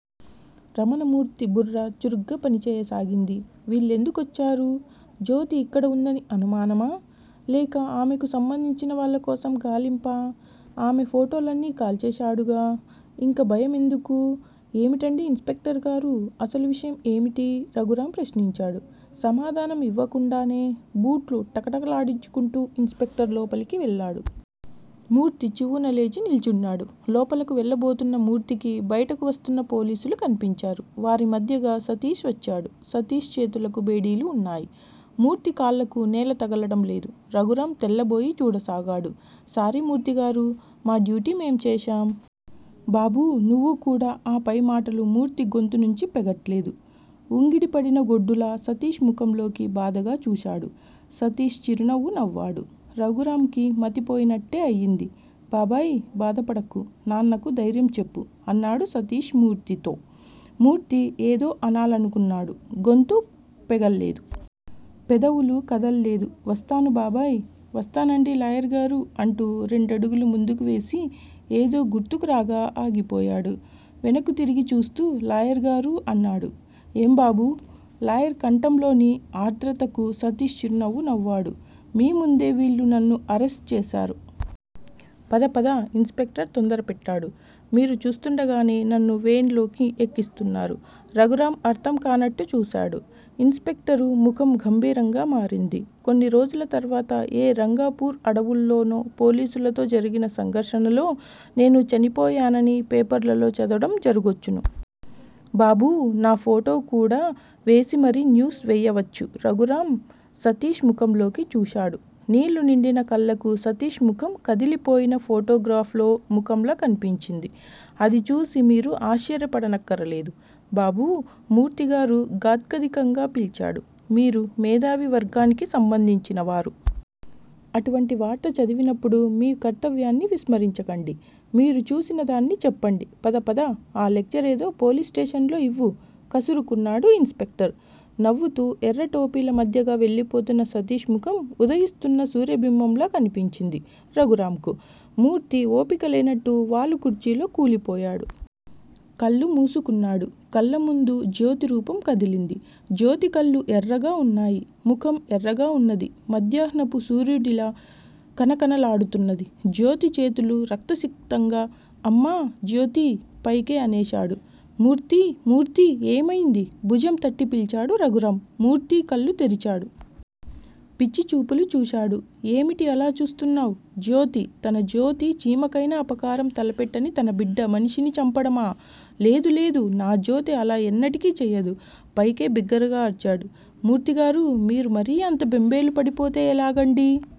రమణమూర్తి బుర్ర చురుగ్గా పనిచేయసాగింది. వీళ్ళెందుకొచ్చారు? జ్యోతి ఇక్కడ వుందని అనుమానమా? లేక ఆమెకు సంబంధించిన వాళ్ళకోసం గాలింపా? ఆమె ఫోటోలన్నీ కాల్చేశాడుగా? ఇంకా భయం ఎందుకూ? ఏమిటండీ ఇన్ స్పెక్టర్ గారూ! అసలు విషయం ఏమిటి? రఘురాం ప్రశ్నించాడు. సమాధానం ఇవ్వకుండానే బూట్లు టకటకలాడించుకుంటూ ఇన్ స్పెక్టర్ లోపలికి వెళ్ళాడు. మూర్తి చివ్వున లేచి నిల్చున్నాడు. లోపలకు వెళ్ళబోతున్న మూర్తికి బయటకు వస్తున్న పోలీసులు కన్పించారు. వారి మధ్యగా సతీష్ వచ్చాడు. సతీష్ చేతులకు బేడీలు ఉన్నాయి. మూర్తి కాళ్ళకు నేల తగలడం లేదు. రఘురాం తెల్లబోయి చూడసాగాడు. సారీ మూర్తిగారూ! మా డ్యూటీ మేం చేశాం! బాబూ! నువ్వు కూడా- ఆ పై మాటలు మూర్తి గొంతునుంచి పెగల్లేదు. ఉంగిడిపడిన గొడ్డులా సతీష్ ముఖంలోకి బాధగా చూశాడు. సతీష్ చిరునవ్వు నవ్వాడు. రఘురాంకి మతిపోయినట్టే అయింది. బాబాయ్! బాధపడకు! నాన్నకు ధైర్యం చెప్పు! అన్నాడు సతీష్ మూర్తితో. మూర్తి ఏదో అనాలనుకున్నాడు. గొంతు పెగల్లేదు. పెదవులు కదల్లేదు. వస్తాను బాబాయ్! వస్తానండీ లాయర్ గారూ! అంటూ రెండడుగులు ముందుకు వేసి ఏదో గుర్తుకు రాగా ఆగిపోయాడు. వెనక్కు తిరిగి చూస్తూ లాయర్ గారూ! అన్నాడు. ఏం బాబూ! లాయర్ కంఠంలోని ఆర్ద్రతకు సతీష్ చిరునవ్వు నవ్వాడు. మీ ముందే వీళ్లు నన్ను అరెస్టు చేశారు. పద పద! ఇన్ స్పెక్టర్ తొందరపెట్టాడు. మీరు చూస్తుండగానే నన్ను వేన్ లోకి ఎక్కిస్తున్నారు. రఘురాం అర్థం కానట్టు చూశాడు. ఇన్ స్పెక్టరు ముఖం గంభీరంగా మారింది. కొన్ని రోజుల తర్వాత ఏ 'రంగాపూర్' అడవుల్లోనో పోలీసులతో జరిగిన సంఘర్షణలో నేను చనిపోయానని పేపర్లలో చదవడం జరగొచ్చును. బాబూ! నా ఫోటో కూడా వేసి మరీ న్యూస్ వెయ్యవచ్చు! రఘురాం సతీష్ ముఖంలోకి చూశాడు. నీళ్లు నిండిన కళ్ళకు సతీష్ ముఖం కదిలిపోయిన ఫోటోగ్రాఫ్ లో ముఖంలా కన్పించింది. అది చూసి మీరు ఆశ్చర్యపడనక్కరలేదు. బాబూ! మూర్తిగారు గాద్గదికంగా పిల్చాడు. మీరు మేధావి వర్గానికి సంబంధించిన వారు. అటువంటి వార్త చదివినప్పుడు మీ కర్తవ్యాన్ని విస్మరించకండి! మీరు చూసిన దాన్ని చెప్పండి. పద పద! ఆ లెక్చరేదో పోలీసుస్టేషన్ లో ఇవ్వు! కసురుకున్నాడు ఇన్ స్పెక్టర్. నవ్వుతూ ఎర్రటోపీల మధ్యగా వెళ్లిపోతున్న సతీష్ ముఖం ఉదయిస్తున్న సూర్యబింబంలా కన్పించింది రఘురాంకు. మూర్తి వోపికలేనట్టు వాలుకుర్చీలో కూలిపోయాడు. కళ్ళు మూసుకున్నాడు. కళ్ళముందు జ్యోతి రూపం కదిలింది. జ్యోతి కళ్ళు ఎర్రగా వున్నాయి. ముఖం ఎర్రగా వున్నది. మధ్యాహ్నపు సూర్యుడులా కణకణ లాడుతున్నది. జ్యోతి చేతులు రక్తసిక్తంగా- అమ్మా! జ్యోతీ! పైకే అనేశాడు. మూర్తీ! మూర్తీ! ఏమైంది? భుజం తట్టి పిల్చాడు రఘురాం. మూర్తి కళ్ళు తెరిచాడు. పిచ్చి చూపులు చూశాడు. ఏమిటి అలా చూస్తున్నావ్? జ్యోతి తన జ్యోతి చీమకైనా అపకారం తలపెట్టని తన బిడ్డ మనిషిని చంపడమా? లేదు. లేదు. నా జ్యోతి అలా ఎన్నటికీ చెయ్యదు. పైకే బిగ్గరగా అరిచాడు. మూర్తిగారూ! మీరు మరీ అంత బెంబేలు పడిపోతే ఎలాగండీ!